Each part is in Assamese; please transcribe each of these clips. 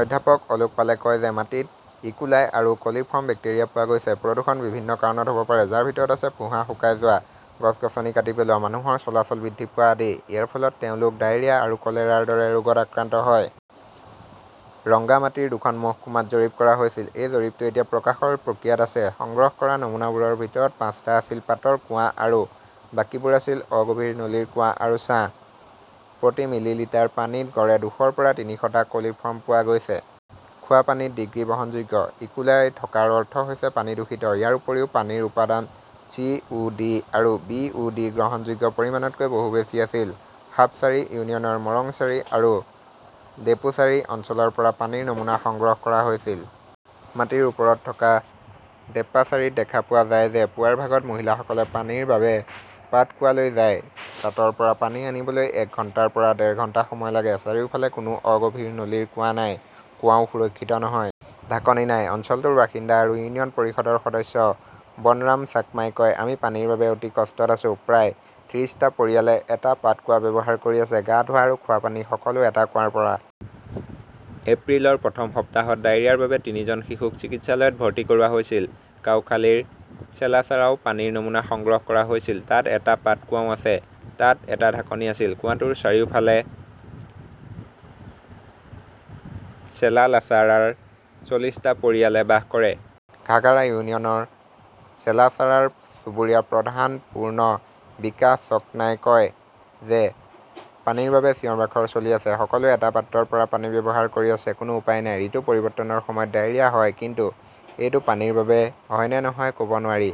অধ্যাপক অলোক পালে কয় যে, মাটিত ইকোলাই আৰু কলিফৰ্ম বেক্টেৰিয়া পোৱা গৈছে। প্ৰদূষণ বিভিন্ন কাৰণত হ'ব পাৰে, যাৰ ভিতৰত আছে ফোঁহা শুকাই যোৱা, গছ-গছনি কাটি পেলোৱা, মানুহৰ চলাচল বৃদ্ধি পোৱা আদি। ইয়াৰ ফলত তেওঁলোক ডায়েৰিয়া আৰু কলেৰাৰ দৰে ৰোগত আক্ৰান্ত হয়। ৰংগামাটীৰ দুখন মহকুমাত জৰীপ কৰা হৈছিল। এই জৰীপটো এতিয়া প্ৰকাশৰ প্ৰক্ৰিয়াত আছে। সংগ্ৰহ কৰা নমুনাবোৰৰ ভিতৰত পাঁচটা আছিল পাতৰ কুঁৱা আৰু বাকীবোৰ আছিল অগভীৰ নলীৰ কুঁৱা আৰু ছাঁ। প্ৰতি মিলিলিটাৰ পানীত গড়ে দুশৰ পৰা তিনিশটা কলিফৰ্ম পোৱা গৈছে। খোৱা পানীত ডিগ্ৰী বহনযোগ্য। ইকোলাই থকাৰ অৰ্থ হৈছে, পানী দূষিত। ইয়াৰ উপৰিও পানীৰ উপাদান চি. ও. ডি. আৰু বি. ও. ডি. গ্ৰহণযোগ্য পৰিমাণতকৈ বহু বেছি আছিল। সাপচাৰী ইউনিয়নৰ মৰংচাৰী আৰু ডেপোচাৰী অঞ্চলৰ পৰা পানীৰ নমুনা সংগ্ৰহ কৰা হৈছিল। মাটিৰ ওপৰত থকা দেপ্পাচাৰীত দেখা পোৱা যায় যে পুৱাৰ ভাগত মহিলাসকলে পানীৰ বাবে পাতকোৱালৈ যায়। তাতৰ পৰা পানী আনিবলৈ এক ঘণ্টাৰ পৰা ডেৰ ঘণ্টা সময় লাগে। চাৰিওফালে কোনো অগভীৰ নলীৰ কুঁৱা নাই। কুঁৱাও সুৰক্ষিত নহয়। ঢাকনি নাই। অঞ্চলটোৰ বাসিন্দা আৰু ইউনিয়ন পৰিষদৰ সদস্য বনৰাম চাকমাই কয়, আমি পানীৰ বাবে অতি কষ্টত আছো। প্ৰায় ত্ৰিছটা পৰিয়ালে এটা পাতকুৱা ব্যৱহাৰ কৰি আছে। গা ধোৱা আৰু খোৱা পানী সকলো এটা কুঁৱাৰ পৰা। এপ্ৰিলৰ প্ৰথম সপ্তাহত ডায়েৰিয়াৰ বাবে তিনিজন শিশুক চিকিৎসালয়ত ভৰ্তি কৰোৱা হৈছিল। কাউখালীৰ ছেলাছাৰাও পানীৰ নমুনা সংগ্ৰহ কৰা হৈছিল। তাত এটা পাতকোৱাও আছে। তাত এটা ঢাকনি আছিল। কুঁৱাটোৰ চাৰিওফালে চেলালাছাৰাৰ চল্লিছটা পৰিয়ালে বাস কৰে। ঘাগাৰা ইউনিয়নৰ ছেলাছাৰাৰ চুবুৰীয়া প্ৰধান পূৰ্ণ বিকাশ চক্মাই কয় যে, পানীৰ বাবে চিঞৰ-বাখৰ চলি আছে। সকলোৱে এটা পাত্ৰৰ পৰা পানী ব্যৱহাৰ কৰি আছে। কোনো উপায় নাই। ঋতু পৰিৱৰ্তনৰ সময়ত ডায়েৰিয়া হয়। কিন্তু এইটো পানীৰ বাবে হয় নে নহয় ক'ব নোৱাৰি।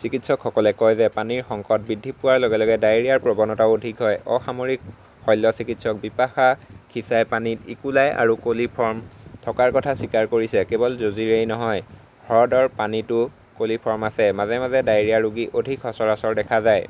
চিকিৎসকসকলে কয় যে, পানীৰ সংকট বৃদ্ধি পোৱাৰ লগে লগে ডায়েৰিয়াৰ প্ৰৱণতাও অধিক হয়। অসামৰিক শল্যচিকিৎসক বিপাশা খিছাই পানীত ইকোলাই আৰু কলিফৰ্ম থকাৰ কথা স্বীকাৰ কৰিছে, কেৱল ঝৰিৰেই নহয়, হ্ৰদৰ পানীতও কলিফৰ্ম আছে। মাজে মাজে ডায়েৰিয়া ৰোগী অধিক সচৰাচৰ দেখা যায়।